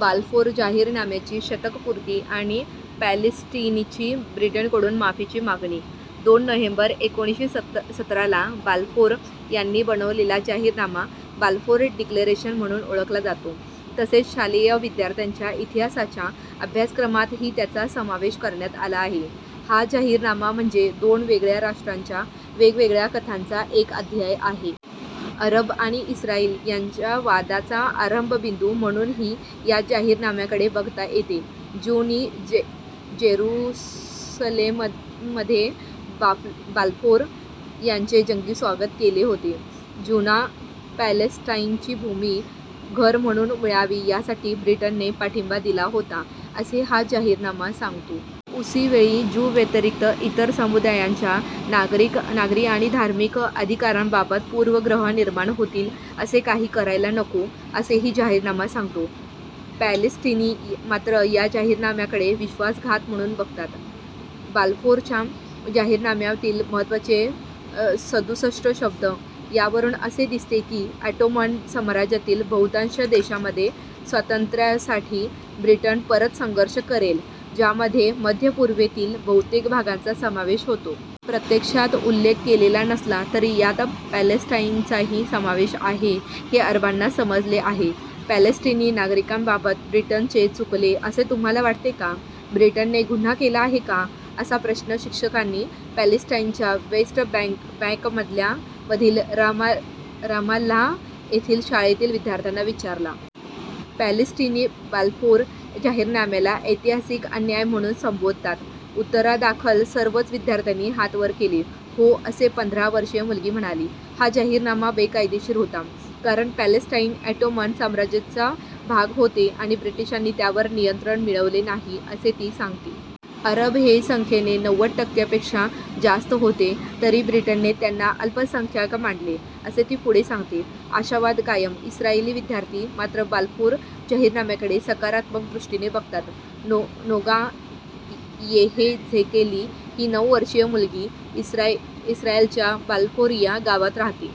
Balfour जाहीरनाम्याची शतकपूर्ती आणि पॅलेस्टिनींची ब्रिटनकडून माफीची मागणी - दोन नोव्हेंबर एकोणीसशे सतराला बाल्फोर यांनी बनवलेला जाहीरनामा 'बाल्फोर डिक्लरेशन' म्हणून ओळखला जातो. तसेच शालेय विद्यार्थ्यांच्या इतिहासाच्या अभ्यासक्रमातही त्याचा समावेश करण्यात आला आहे. हा जाहीरनामा म्हणजे दोन वेगळ्या राष्ट्रांच्या वेगवेगळ्या कथांचा एक अध्याय आहे. अरब आणि इस्रायल यांच्या वादाचा आरंभबिंदू म्हणूनही या जाहीरनाम्याकडे बघता येते. ज्यूंनी जेरुसलेममध्ये बाल्फोर यांचे जंगी स्वागत केले होते. "ज्यूंना पॅलेस्टाइनची भूमी घर म्हणून मिळावी यासाठी ब्रिटनने पाठिंबा दिला होता," असे हा जाहीरनामा सांगतो. उसीवेळी, "ज्यूंव्यतिरिक्त इतर समुदायांच्या नागरी आणि धार्मिक अधिकारांबाबत पूर्वग्रह निर्माण होतील, असे काही करायला नको," असेही जाहीरनामा सांगतो. पॅलेस्टिनी मात्र या जाहीरनाम्याकडे विश्वासघात म्हणून बघतात. बाल्फोरच्या जाहीरनाम्यातील महत्त्वाचे सदुसष्ट शब्द. यावरून असे दिसते की, ऑटोमन साम्राज्यातील बहुतांश देशांमध्ये स्वातंत्र्यासाठी ब्रिटन परत संघर्ष करेल, ज्यामध्ये मध्यपूर्वेतील बहुतेक भागांचा समावेश होतो. प्रत्यक्षात उल्लेख केलेला नसला, तरी यात पॅलेस्टाइनचाही समावेश आहे हे अरबांना समजले आहे. "पॅलेस्टिनी नागरिकांबाबत ब्रिटनचे चुकले असे तुम्हाला वाटते का? ब्रिटनने गुन्हा केला आहे का?" असा प्रश्न शिक्षकांनी पॅलेस्टाइनच्या वेस्ट बँकमधील रामाल्लाह येथील शाळेतील विद्यार्थ्यांना विचारला. पॅलेस्टिनी बाल्फोर जाहीरनाम्याला ऐतिहासिक अन्याय म्हणून संबोधतात. उत्तरादाखल सर्वच विद्यार्थ्यांनी हात वर केले. 'हो' असे पंधरा वर्षीय मुलगी म्हणाली. "हा जाहीरनामा बेकायदेशीर होता. कारण, पॅलेस्टाइन ऑटोमन साम्राज्याचा भाग होते आणि ब्रिटिशांनी त्यावर नियंत्रण मिळवले नाही," असे ती सांगते. "अरब हे संख्येने नव्वद टक्क्यांपेक्षा जास्त होते, तरी ब्रिटनने त्यांना अल्पसंख्याक मानले," असे ती पुढे सांगते. आशावाद कायम - इस्रायली विद्यार्थी मात्र बाल्फोर जाहीरनाम्याकडे सकारात्मक दृष्टीने बघतात. नोगा येहेझेकेली ही नऊ वर्षीय मुलगी इस्रायलच्या बाल्फोरिया गावात राहते.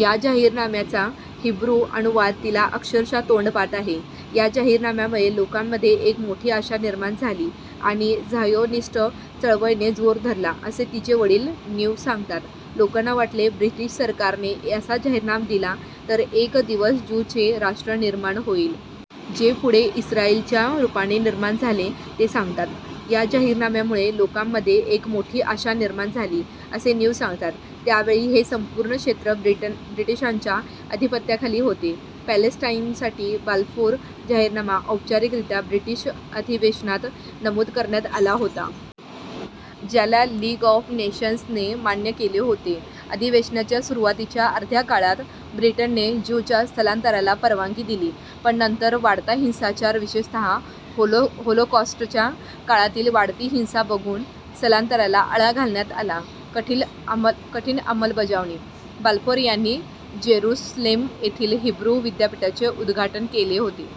या जाहीरनाम्याचा हिब्रू अनुवाद तिला अक्षरशः तोंडपाठ आहे. "या जाहीरनाम्यामुळे लोकांमध्ये एक मोठी आशा निर्माण झाली आणि झायोनिस्ट चळवळीने जोर धरला," असे तिचे वडील नीव सांगतात. "लोकांना वाटले, ब्रिटिश सरकारने असा जाहीरनामा दिला, तर एक दिवस ज्यूंचे राष्ट्र निर्माण होईल. जे पुढे इस्रायलच्या रूपाने निर्माण झाले," ते सांगतात. या जाहीरनाम्यामुळे लोकांमध्ये एक मोठी आशा निर्माण झाली, असे नीव सांगतात. त्यावेळी हे संपूर्ण क्षेत्र ब्रिटिशांच्या अधिपत्याखाली होते. पॅलेस्टाइनसाठी बाल्फोर जाहीरनामा औपचारिकरीत्या ब्रिटिश अधिवेशनात नमूद करण्यात आला होता. ज्याला लीग ऑफ नेशन्सने मान्य केले होते. अधिवेशनाच्या सुरुवातीच्या अर्ध्या काळात ब्रिटनने ज्यूंच्या स्थलांतराला परवानगी दिली. पण, नंतर वाढता हिंसाचार विशेषतः होलोकॉस्टच्या काळातील वाढती हिंसा बघून स्थलांतराला आळा घालण्यात आला. कठीण अंमलबजावणी - बाल्फोर यांनी जेरुसलेम येथील हिब्रू विद्यापीठाचे उद्घाटन केले होते.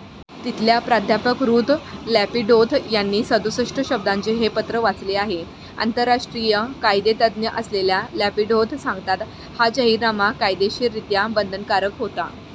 तिथल्या प्राध्यापक रुथ लॅपिडोथ यांनी सदुसष्ट शब्दांचे हे पत्र वाचले आहे. आंतरराष्ट्रीय कायदेतज्ज्ञ असलेल्या लॅपिडोथ सांगतात, "हा जाहीरनामा कायदेशीररीत्या बंधनकारक होता."